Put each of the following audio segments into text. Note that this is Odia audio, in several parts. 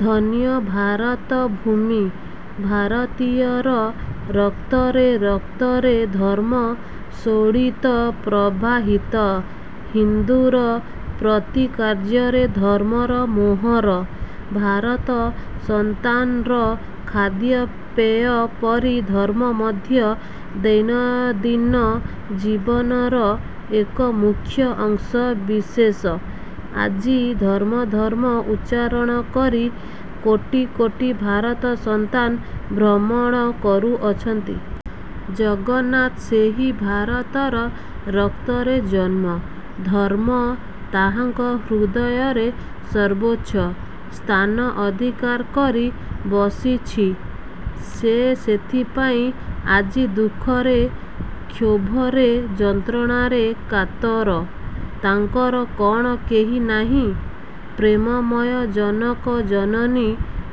ଧନ୍ୟ ଭାରତ ଭୂମି! ଭାରତୀୟର ରକ୍ତରେ ରକ୍ତରେ ଧର୍ମ ଶୋଣିତ ପ୍ରବାହିତ। ହିନ୍ଦୁର ପ୍ରତିକାର୍ଯ୍ୟରେ ଧର୍ମର ମୋହର। ଭାରତ ସନ୍ତାନର ଖାଦ୍ୟ ପେୟ ପରି ଧର୍ମ ମଧ୍ୟ ଦୈନଦିନ ଜୀବନର ଏକ ମୁଖ୍ୟ ଅଂଶ ବିଶେଷ। ଆଜି ଧର୍ମ ଧର୍ମ ଉଚ୍ଚାରଣ କରି କୋଟି କୋଟି ଭାରତ ସନ୍ତାନ ଭ୍ରମଣ କରୁଅଛନ୍ତି। ଜଗନ୍ନାଥ ସେହି ଭାରତର ରକ୍ତରେ ଜନ୍ମ। ଧର୍ମ ତାହାଙ୍କ ହୃଦୟରେ ସର୍ବୋଚ୍ଚ ସ୍ଥାନ ଅଧିକାର କରି ବସିଛି। ସେ ସେଥିପାଇଁ ଆଜି ଦୁଃଖରେ, କ୍ଷୋଭରେ ଯନ୍ତ୍ରଣାରେ କାତର। ତାଙ୍କର କଣ କେହି ନାହିଁ। ପ୍ରେମମୟ ଜନକ ଜନନୀ,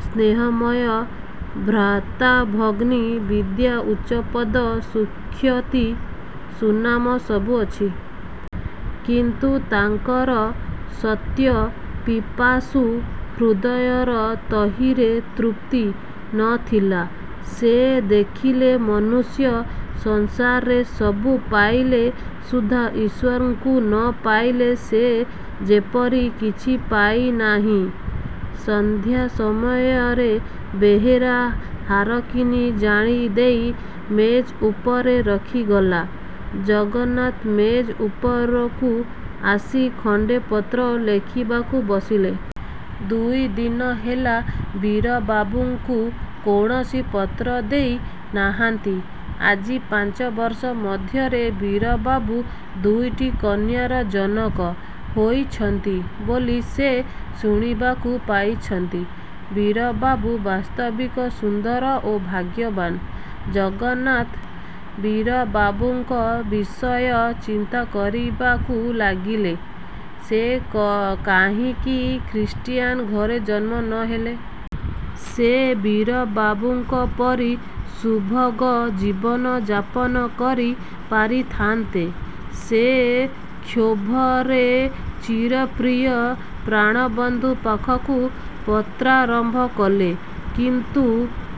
ସ୍ନେହମୟ ଭ୍ରାତାଭଗ୍ନୀ, ବିଦ୍ୟା, ଉଚ୍ଚପଦ ସୁଖ୍ୟତି ସୁନାମ ସବୁ ଅଛି। କିନ୍ତୁ ତାଙ୍କର ସତ୍ୟପିପାସୁ ହୃଦୟର ତହିଁରେ ତୃପ୍ତି ନଥିଲା। ସେ ଦେଖିଲେ ମନୁଷ୍ୟ ସଂସାରରେ ସବୁ ପାଇଲେ ସୁଦ୍ଧା ଈଶ୍ୱରଙ୍କୁ ନ ପାଇଲେ ସେ ଯେପରି କିଛି ପାଇନାହିଁ। ସଂଧ୍ୟା ସମୟରେ ବେହେରା ହାରକିନି ଜାଳି ଦେଇ ମେଜ ଉପରେ ରଖିଗଲା। ଜଗନ୍ନାଥ ମେଜ ଉପରକୁ ଆସି ଖଣ୍ଡେ ପତ୍ର ଲେଖିବାକୁ ବସିଲେ। ଦୁଇଦିନ ହେଲା ବୀରବାବୁଙ୍କୁ କୌଣସି ପତ୍ର ଦେଇ ନାହାନ୍ତି। ଆଜି ପାଞ୍ଚ ବର୍ଷ ମଧ୍ୟରେ ବୀରବାବୁ ଦୁଇଟି କନ୍ୟାର ଜନକ ହୋଇଛନ୍ତି ବୋଲି ସେ ଶୁଣିବାକୁ ପାଇଛନ୍ତି। ବୀରବାବୁ ବାସ୍ତବିକ ସୁନ୍ଦର ଓ ଭାଗ୍ୟବାନ୍। ଜଗନ୍ନାଥ ବୀରବାବୁଙ୍କ ବିଷୟ ଚିନ୍ତା କରିବାକୁ ଲାଗିଲେ। ସେ କ କାହିଁକି ଖ୍ରୀଷ୍ଟିୟାନ୍ ଘରେ ଜନ୍ମ ନ ହେଲେ। ସେ ବୀରବାବୁଙ୍କ ପରି ଶୁଭଗ ଜୀବନ ଯାପନ କରି ପାରିଥାନ୍ତେ। ସେ କ୍ଷୋଭରେ ଚିରପ୍ରିୟ ପ୍ରାଣବନ୍ଧୁ ପାଖକୁ ପତ୍ରାରମ୍ଭ କଲେ। କିନ୍ତୁ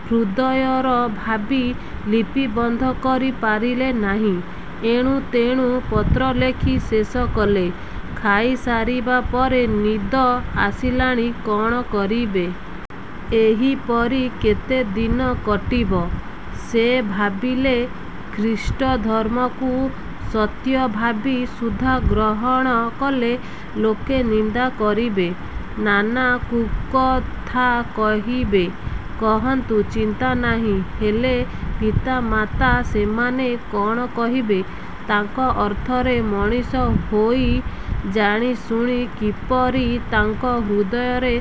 ହୃଦୟର ଭାବି ଲିପିବନ୍ଧ କରି ପାରିଲେ ନାହିଁ। ଏଣୁ ତେଣୁ ପତ୍ର ଲେଖି ଶେଷକଲେ। ଖାଇସାରିବା ପରେ ନିଦ ଆସିଲାଣି। କଣ କରିବେ! ଏହିପରି କେତେଦିନ କଟିବ? ସେ ଭାବିଲେ ଖ୍ରୀଷ୍ଟଧର୍ମକୁ ସତ୍ୟ ଭାବି ସୁଦ୍ଧା ଗ୍ରହଣ କଲେ ଲୋକେ ନିନ୍ଦା କରିବେ। ନାନା କୁକଥା କହିବେ। କହନ୍ତୁ ଚିନ୍ତାନାହିଁ। ହେଲେ ପିତାମାତା ସେମାନେ କଣ କହିବେ? ତାଙ୍କ ଅର୍ଥରେ ମଣିଷ ହୋଇ ଜାଣିଶୁଣି କିପରି ତାଙ୍କ ହୃଦୟରେ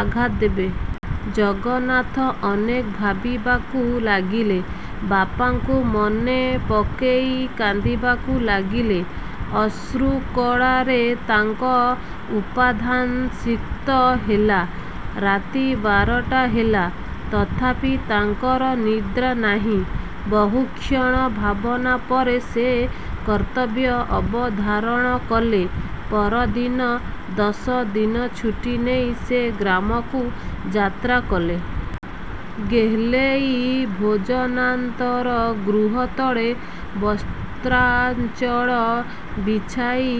ଆଘାତ ଦେବେ? ଜଗନ୍ନାଥ ଅନେକ ଭାବିବାକୁ ଲାଗିଲେ। ବାପାଙ୍କୁ ମନେପକେଇ କାନ୍ଦିବାକୁ ଲାଗିଲେ। ଅଶ୍ରୁକଣାରେ ତାଙ୍କ ଉପାଧାନ ସିକ୍ତ ହେଲା। ରାତି ବାରଟା ହେଲା। ତଥାପି ତାଙ୍କର ନିଦ୍ରା ନାହିଁ। ବହୁକ୍ଷଣ ଭାବନା ପରେ ସେ କର୍ତ୍ତବ୍ୟ ଅବଧାରଣ କଲେ। ପରଦିନ ଦଶଦିନ ଛୁଟି ନେଇ ସେ ଗ୍ରାମକୁ ଯାତ୍ରା କଲେ। ଗେହ୍ଲେଇ ଭୋଜନାନ୍ତର ଗୃହତଳେ ବସ୍ତ୍ରାଞ୍ଚଳ ବିଛାଇ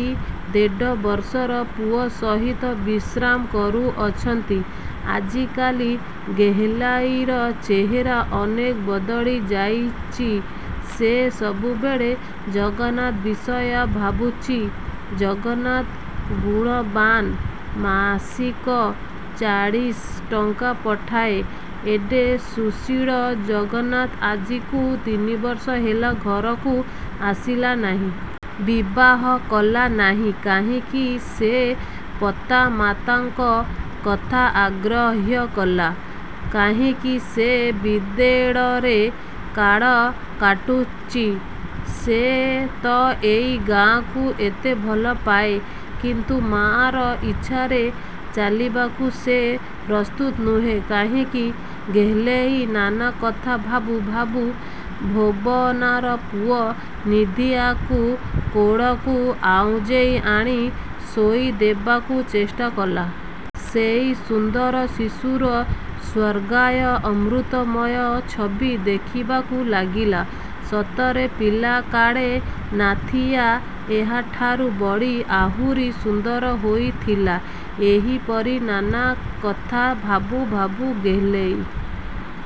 ଦେଢ଼ବର୍ଷର ପୁଅ ସହିତ ବିଶ୍ରାମ କରୁଅଛନ୍ତି। ଆଜିକାଲି ଗେହ୍ଲାଇର ଚେହେରା ଅନେକ ବଦଳି ଯାଇଚି। ସେ ସବୁବେଳେ ଜଗନ୍ନାଥ ବିଷୟ ଭାବୁଚି। ଜଗନ୍ନାଥ ଗୁଣବାନ୍। ମାସିକ ଚାଳିଶ ଟଙ୍କା ପଠାଏ। ଏଡ଼େ ସୁଶୀଳ ଜଗନ୍ନାଥ ଆଜିକୁ ତିନିବର୍ଷ ହେଲା ଘରକୁ ଆସିଲାନାହିଁ। ବିବାହ କଲା ନାହିଁ। କାହିଁକି ସେ ପତାମାତାଙ୍କ କଥା ଅଗ୍ରାହ୍ୟ କଲା! କାହିଁକି ସେ ବିଦେଡରେ କାଡ କାଟୁଚି? ସେ ତ ଏଇ ଗାଁଆକୁ ଏତେ ଭଲ ପାଏ। କିନ୍ତୁ ମାଆର ଇଛାରେ ଚାଲିବାକୁ ସେ ପ୍ରସ୍ତୁତ ନୁହେଁ କାହିଁକି? ଗେହ୍ଲେଇ ନାନା କଥା ଭାବୁ ଭାବୁ ଭୋବନାର ପୁଅ ନିଧିଆକୁ କୋଡ଼କୁ ଆଉଜେଇ ଆଣି ଶୋଇ ଦେବାକୁ ଚେଷ୍ଟା କଲା। ସେଇ ସୁନ୍ଦର ଶିଶୁର ସ୍ୱର୍ଗାୟ ଅମୃତମୟ ଛବି ଦେଖିବାକୁ ଲାଗିଲା। ସତରେ ପିଲାକାଡେ ନାଥିଆ ଏହାଠାରୁ ବଡି ଆହୁରି ସୁନ୍ଦର ହୋଇଥିଲା। ଏହିପରି ନାନାକଥା ଭାବୁ ଭାବୁ ଗେହ୍ଲେଇ